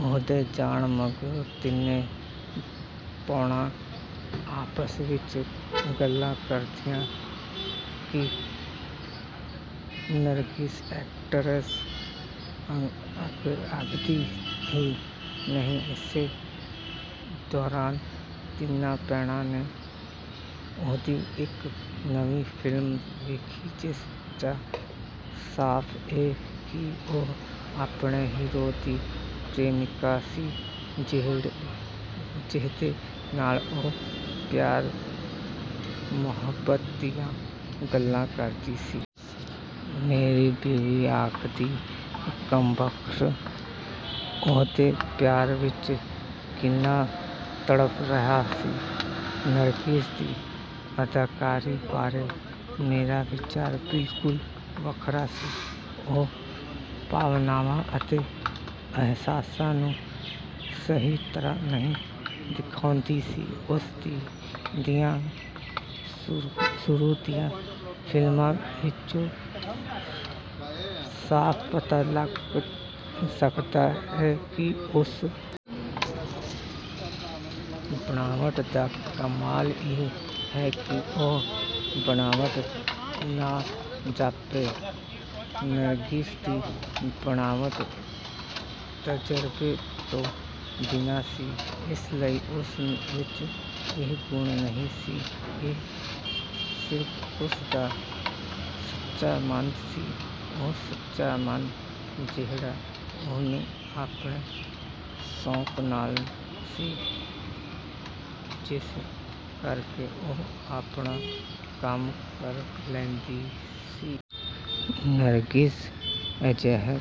ਉਹਦੇ ਜਾਣ ਮਗਰੋਂ ਤਿੰਨੇ ਭੈਣਾਂ ਆਪਸ ਵਿਚ ਗੱਲਾਂ ਕਰਦੀਆਂ ਕਿ ਨਰਗਿਸ ਐਕਟਰ ਲੱਗਦੀ ਈ ਨਹੀਂ। ਇਸੇ ਦੌਰਾਨ ਤਿੰਨਾਂ ਭੈਣਾਂ ਨੇ ਉਹਦੀ ਇਕ ਨਵੀਂ ਫਿਲਮ ਵੇਖੀ ਜਿਸ ਚ ਸਾਫ ਏ ਕਿ ਉਹ ਆਪਣੇ ਹੀਰੋ ਦੀ ਪ੍ਰੇਮਿਕਾ ਸੀ ਜਿਹਦੇ ਨਾਲ ਉਹ ਪਿਆਰ ਮੁਹੱਬਤ ਦੀਆਂ ਗੱਲਾਂ ਕਰਦੀ ਸੀ। ਮੇਰੀ ਬੀਵੀ ਆਖਦੀ, "ਕਮਬਖ਼ਤ ਉਹਦੇ ਪਿਆਰ ਵਿਚ ਕਿੰਨਾ ਤੜਫ ਰਹੀ ਸੀ।" ਨਰਗਿਸ ਦੀ ਅਦਾਕਾਰੀ ਬਾਰੇ ਮੇਰਾ ਵਿਚਾਰ ਬਿਲਕੁਲ ਵੱਖਰਾ ਸੀ। ਉਹ ਭਾਵਨਾਵਾਂ ਅਤੇ ਅਹਿਸਾਸਾਂ ਨੂੰ ਸਹੀ ਤਰ੍ਹਾਂ ਨਹੀਂ ਦਿਖਾਉਂਦੀ ਸੀ। ਉਸ ਦੀਆਂ ਸ਼ੁਰੂ ਦੀਆਂ ਫਿਲਮਾਂ ਵਿਚੋਂ ਸਾਫ ਪਤਾ ਲੱਗ ਸਕਦਾ ਏ ਕਿ ਉਸ ਦੀ ਅਦਾਕਾਰੀ ਬਣਾਵਟੀ ਨਹੀਂ ਸੀ। ਬਣਾਵਟ ਦਾ ਕਮਾਲ ਇਹ ਵੇ ਕਿ ਉਹ ਬਣਾਵਟ ਨਾ ਜਾਪੇ। ਨਰਗਿਸ ਦੀ ਬਣਾਵਟ ਤਜ਼ਰਬੇ ਤੋਂ ਬਿਨਾਂ ਸੀ ਇਸ ਲਈ ਉਸ ਵਿਚ ਇਹ ਗੁਣ ਨਹੀਂ ਸੀ। ਇਹ ਸਿਰਫ ਉਸ ਦਾ ਸੱਚਾ ਮਨ ਸੀ। ਉਹ ਸੱਚਾ ਮਨ ਜਿਹੜਾ ਉਹਨੂੰ ਆਪਣੇ ਸ਼ੌਕ ਨਾਲ ਸੀ ਜਿਸ ਕਰਕੇ ਉਹ ਆਪਣਾ ਕੰਮ ਕਰ ਲੈਂਦੀ ਸੀ। ਨਰਗਿਸ ਅਜਿਹੇ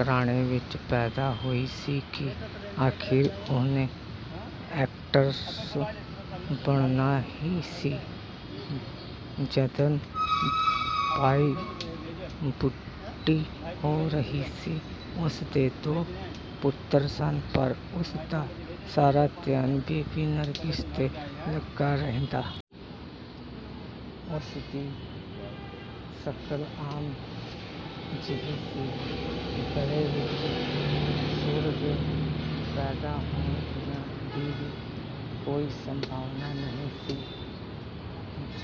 ਘਰਾਣੇ ਵਿਚ ਪੈਦਾ ਹੋਈ ਸੀ ਕਿ ਅਖੀਰ ਉਹਨੇ ਐਕਟਰਸ ਬਣਨਾ ਈ ਸੀ। ਜੱਦਨ ਬਾਈ ਬੁੱਢੀ ਹੋ ਰਹੀ ਸੀ। ਉਸ ਦੇ ਦੋ ਪੁੱਤਰ ਸਨ। ਪਰ ਉਸ ਦਾ ਸਾਰਾ ਧਿਆਨ ਬੇਬੀ ਨਰਗਿਸ ਤੇ ਲੱਗਾ ਰਹਿੰਦਾ। ਉਸ ਦੀ ਸ਼ਕਲ ਆਮ ਜਿਹੀ ਸੀ। ਗਲੇ ਵਿਚ ਸੁਰ ਦੇ ਪੈਦਾ ਹੋਣ ਦੀ ਵੀ ਕੋਈ ਸੰਭਾਵਨਾ ਨਹੀਂ ਸੀ।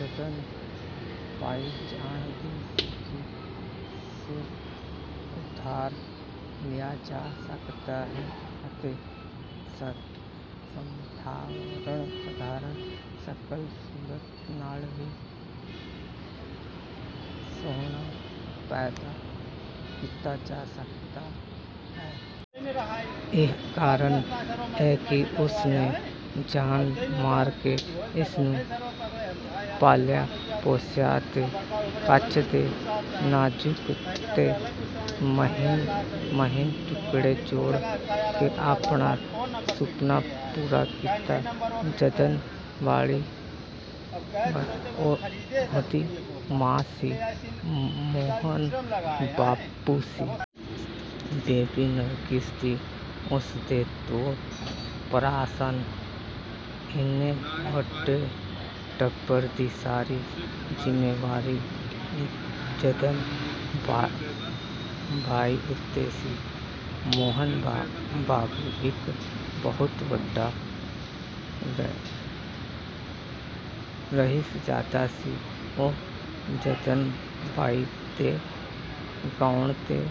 ਜੱਦਨ ਬਾਈ ਜਾਣਦੀ ਸੀ ਕਿ ਸੁਰ ਉਧਾਰ ਲਿਆ ਜਾ ਸਕਦਾ ਏ ਅਤੇ ਸਾਧਾਰਣ ਸ਼ਕਲ ਸੂਰਤ ਨਾਲ ਵੀ ਸੋਹਣਾਪਣ ਪੈਦਾ ਕੀਤਾ ਜਾ ਸਕਦਾ ਏ। ਇਹੀ ਕਾਰਨ ਏ ਕਿ ਉਸ ਨੇ ਜਾਨ ਮਾਰ ਕੇ ਇਸ ਨੂੰ ਪਾਲਿਆ ਪੋਸਿਆ ਅਤੇ ਕੱਚ ਦੇ ਨਾਜ਼ੁਕ ਤੇ ਮਹੀਨ ਮਹੀਨ ਟੁਕੜੇ ਜੋੜ ਕੇ ਆਪਣਾ ਸੁਪਨਾ ਪੂਰਾ ਕੀਤਾ। ਜੱਦਨ ਬਾਈ ਉਹਦੀ ਮਾਂ ਸੀ। ਮੋਹਨ ਬਾਬੂ ਸੀ। ਬੇਬੀ ਨਰਗਿਸ ਸੀ। ਉਸ ਦੇ ਦੋ ਭਰਾ ਸਨ। ਇੰਨੇ ਵੱਡੇ ਟੱਬਰ ਦੀ ਸਾਰੀ ਜ਼ਿੰਮੇਵਾਰੀ ਜੱਦਨ ਬਾਈ ਉਤੇ ਸੀ। ਮੋਹਨ ਬਾਬੂ ਇਕ ਬਹੁਤ ਵੱਡਾ ਰਈਸਜ਼ਾਦਾ ਸੀ। ਉਹ ਜੱਦਨ ਬਾਈ ਦੇ ਗਾਉਣ ਤੇ